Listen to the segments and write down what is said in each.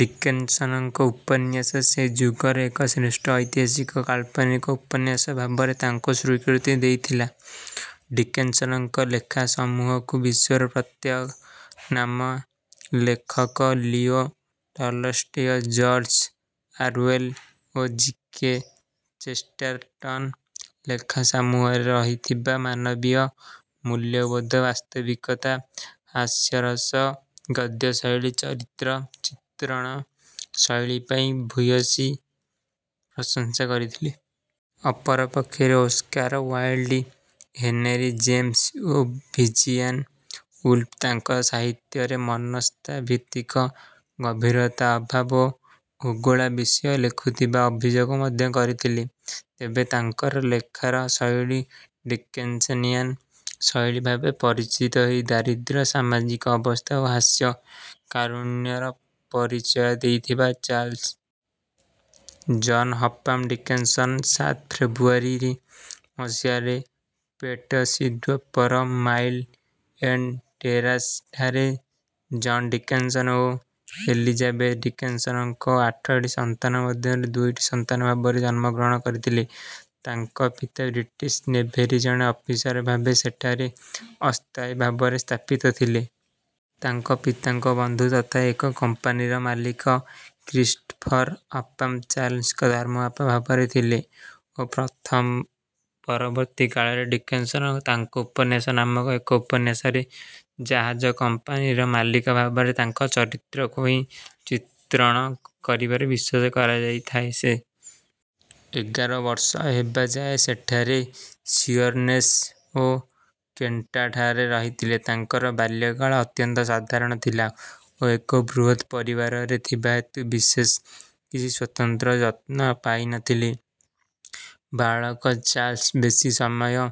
ଡିକେନ୍ସଙ୍କ ଉପନ୍ୟାସ ସେ ଯୁଗର ଏକ ଶ୍ରେଷ୍ଠ ଐତିହାସିକ କାଳ୍ପନିକ ଉପନ୍ୟାସ ଭାବରେ ତାଙ୍କୁ ସ୍ୱୀକୃତି ଦେଇଥିଲା। ଡିକେନ୍ସଙ୍କ ଲେଖାସମୂହକୁ ବିଶ୍ୱର ପ୍ରତ୍ୟାନାମା ଲେଖକ ଲିଓ ଟଲଷ୍ଟୟ, ଜର୍ଜ ଅରୱେଲ ଓ ଜି. କେ. ଚେଷ୍ଟାରଟନ୍‌ ଲେଖାସମୂହରେ ରହିଥିବା ମାନବୀୟ ମୂଲ୍ୟବୋଧ, ବାସ୍ତବିକତା, ହାସ୍ୟରସ, ଗଦ୍ୟଶୈଳୀ, ଚରିତ୍ର ଚିତ୍ରଣ ଶୈଳୀ ପାଇଁ ଭୂୟସୀ ପ୍ରଶଂସା କରିଥିଲେ। ଅପରପକ୍ଷରେ ଓସ୍କାର ୱାଇଲ୍ଡ, ହେନେରୀ ଜେମ୍ସ ଓ ଭିର୍ଜିଆନ ଉଲ୍ଫ ତାଙ୍କର ସାହିତ୍ୟରେ ମନସ୍ତାତ୍ତ୍ୱିକ ଗଭୀରତାର ଅଭାବ ଓ ହୁଗୁଳା ବିଷୟ ଲେଖୁଥିବାର ଅଭିଯୋଗ ମଧ୍ୟ କରିଥିଲେ। ତେବେ ତାଙ୍କର ଲେଖାର ଶୈଳୀ ଡିକେନ୍ସିଆନ୍ ଶୈଳୀ ଭାବରେ ପରିଚିତ ହୋଇ ଦରିଦ୍ର ସାମାଜିକ ଅବସ୍ଥା ଓ ହାସ୍ୟ-କାରୁଣ୍ୟର ପରିଚୟ ଦେଇଥିଲା। ଚାର୍ଲ୍ସ ଜନ୍ ହଫାମ୍ ଡିକେନ୍ସ ସାତ ଫେବ୍ରୁଆରୀ ମସିହାରେ ପୋର୍ଟସୀ ଦ୍ୱୀପର, ମାଇଲ୍ ଏଣ୍ଡ୍ ଟେରାସ୍‌ଠାରେ ଜନ୍ ଡିକେନ୍ସ ଓ ଏଲିଜାବେଥ ଡିକେନ୍ସଙ୍କ ଆଠଟି ସନ୍ତାନ ମଧ୍ୟରୁ ଦ୍ୱିତୀୟ ସନ୍ତାନ ଭାବରେ ଜନ୍ମଗ୍ରହଣ କରିଥିଲେ। ତାଙ୍କ ପିତା ବ୍ରିଟିଶ ନେଭିର ଜଣେ ଅଫିସର ଭାବରେ ସେଠାରେ ଅସ୍ଥାୟୀ ଭାବରେ ସ୍ଥାପିତ ଥିଲେ। ତାଙ୍କ ପିତାଙ୍କ ବନ୍ଧୁ ତଥା ଏକ କମ୍ପାନୀର ମାଲିକ "କ୍ରିଷ୍ଟଫର୍ ହଫାମ୍" ଚାର୍ଲ୍ସଙ୍କ ଧର୍ମବାପା ଭାବରେ ଥିଲେ ଓ ପ୍ରଥମ ପରବର୍ତ୍ତୀ କାଳରେ ଡିକେନ୍ସ ତାଙ୍କ ଉପନ୍ୟାସ ନାମକ ଏକ ଉପନ୍ୟାସରେ ଜାହାଜ କମ୍ପାନୀର ମାଲିକ ଭାବରେ ତାଙ୍କର ଚରିତ୍ରକୁ ହିଁ ଚିତ୍ରଣ କରିଥିବାର ବିଶ୍ୱାସ କରାଯାଇଥାଏ। ସେ ଏଗାର ବର୍ଷ ହେବା ଯାଏ ସେଠାରେ ଶିଅର୍‌ନେସ୍ ଓ କେଣ୍ଟଠାରେ ରହିଥିଲେ। ତାଙ୍କର ବାଲ୍ୟକାଳ ଅତ୍ୟନ୍ତ ସାଧାରଣ ଥିଲା ଓ ଏକ ବୃହତ୍ ପରିବାରରେ ଥିବା ହେତୁ ବିଶେଷ କିଛି ସ୍ୱତନ୍ତ୍ର ଯତ୍ନ ପାଇ ନ ଥିଲେ। ବାଳକ ଚାର୍ଲ୍ସ ବେଶି ସମୟ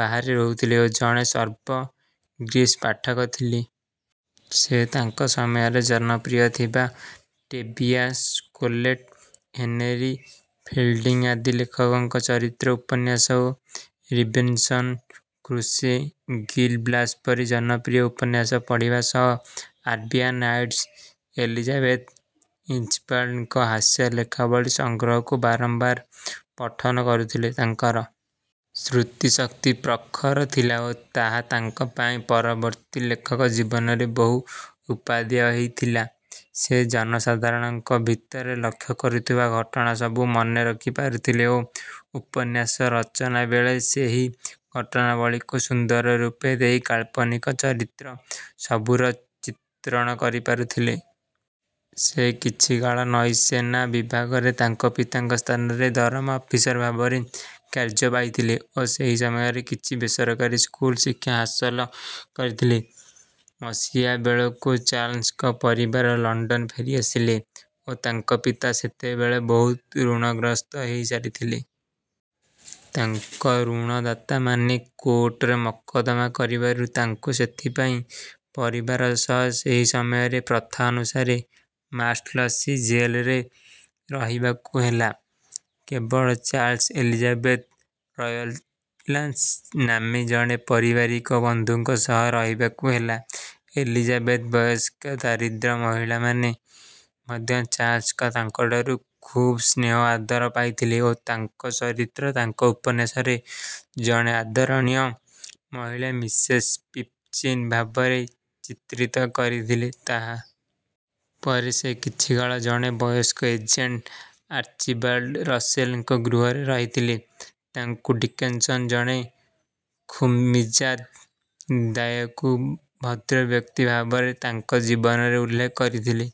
ବାହାରେ ରହୁଥିଲେ ଓ ଜଣେ ସର୍ବଗ୍ରାସୀ ପାଠକ ଥିଲେ। ସେ ତାଙ୍କ ସମୟରେ ଜନପ୍ରିୟ ଥିବା ଟୋବିଆସ୍ ସ୍ମୋଲେଟ୍ ହେନେରୀ ଫିଲ୍ଡିଂ ଆଦି ଲେଖକଙ୍କ ଚିତ୍ରିତ ଉପନ୍ୟାସ ଓ ରବିନ୍‌ସନ୍ କ୍ରୁଶୋ, "ଗିଲ୍ ବ୍ଲାସ୍" ପରି ଜନପ୍ରିୟ ଉପନ୍ୟାସ ପଢ଼ିବା ସହ ଆରବିଆନ୍ ନାଇଟ୍ସ, ଏଲିଜାବେଥ୍ ଇଞ୍ଚବାଲ୍ଡ"ଙ୍କ ହାସ୍ୟ ଲେଖାବଳୀ ସଂଗ୍ରହକୁ ବାରମ୍ବାର ପଠନ କରୁଥିଲେ। ତାଙ୍କର ସ୍ମୃତିଶକ୍ତି ପ୍ରଖର ଥିଲା ଓ ତାହା ତାଙ୍କ ପାଇଁ ପରବର୍ତ୍ତୀ ଲେଖକ ଜୀବନରେ ବହୁ ଉପାଦେୟ ହୋଇଥିଲା। ସେ ଜନସାଧାରଣଙ୍କ ଭିତରେ ଲକ୍ଷ୍ୟ କରୁଥିବା ଘଟଣାସବୁ ମନେ ରଖିପାରୁଥିଲେ ଓ ଉପନ୍ୟାସ ରଚନା ବେଳେ ସେହି ଘଟଣାବଳୀକୁ ସୁନ୍ଦର ରୂପ ଦେଇ କାଳ୍ପନିକ ଚରିତ୍ର ସବୁର ଚିତ୍ରଣ କରିପାରୁଥିଲେ। ସେ କିଛିକାଳ ନୌସେନା ବିଭାଗରେ ତାଙ୍କ ପିତାଙ୍କ ସ୍ଥାନରେ ଦରମା ଅଫିସର ଭାବରେ କାର୍ଯ୍ୟ ପାଇଥିଲେ ଓ ସେହି ସମୟରେ କିଛି ବେସରକାରୀ ସ୍କୁଲ ଶିକ୍ଷା ହାସଲ କରିଥିଲେ। ମସିହା ବେଳକୁ ଚାର୍ଲ୍ସଙ୍କ ପରିବାର ଲଣ୍ଡନ ଫେରିଆସିଲେ ଓ ତାଙ୍କ ପିତା ସେତେବେଳେ ବହୁତ ଋଣଗ୍ରସ୍ତ ହେଇସାରିଥିଲେ। ତାଙ୍କ ଋଣଦାତାମାନେ କୋର୍ଟରେ ମକଦ୍ଦମା କରିବାରୁ ତାଙ୍କୁ ସେଥିପାଇଁ ପରିବାର ସହ ସେହି ସମୟର ପ୍ରଥା ଅନୁସାରେ ମାର୍ଶଲସୀ ଜେଲ୍‌ରେ ରହିବାକୁ ହେଲା। କେବଳ ଚାର୍ଲ୍ସ ଏଲିଜାବେଥ୍ ରୟଲାନ୍ସ ନାମ୍ନୀ ଜଣେ ପାରିବାରିକ ବନ୍ଧୁଙ୍କ ସହ ରହିବାକୁ ହେଲା। ଏଲିଜାବେଥ୍ ବୟସ୍କା ଦରିଦ୍ର ମହିଳା ଥିଲେ ମଧ୍ୟ ଚାର୍ଲ୍ସ ତାଙ୍କଠାରୁ ଖୁବ୍ ସ୍ନେହ ଆଦର ପାଇଥିଲେ ଓ ତାଙ୍କ ଚରିତ୍ର ତାଙ୍କ ଉପନ୍ୟାସରେ ଜଣେ ଆଦରଣୀୟା ମହିଳା "ମିସେସ୍ ପିପ୍‌ଚିନ୍" ଭାବରେ ଚିତ୍ରିତ କରିଥିଲେ। ତାହା ପରେ ସେ କିଛିକାଳ ଜଣେ ବୟସ୍କ ଏଜେଣ୍ଟ ଆର୍ଚିବାଲ୍ଡ ରସେଲ୍"ଙ୍କ ଗୃହରେ ରହିଥିଲେ। ତାଙ୍କୁ ଡିକେନ୍ସ ଜଣେ ଖୁମମିଜାଜ, ଦୟାଳୁ ଭଦ୍ରବ୍ୟକ୍ତି ଭାବରେ ତାଙ୍କ ଜୀବନୀରେ ଉଲ୍ଲେଖ କରିଥିଲେ।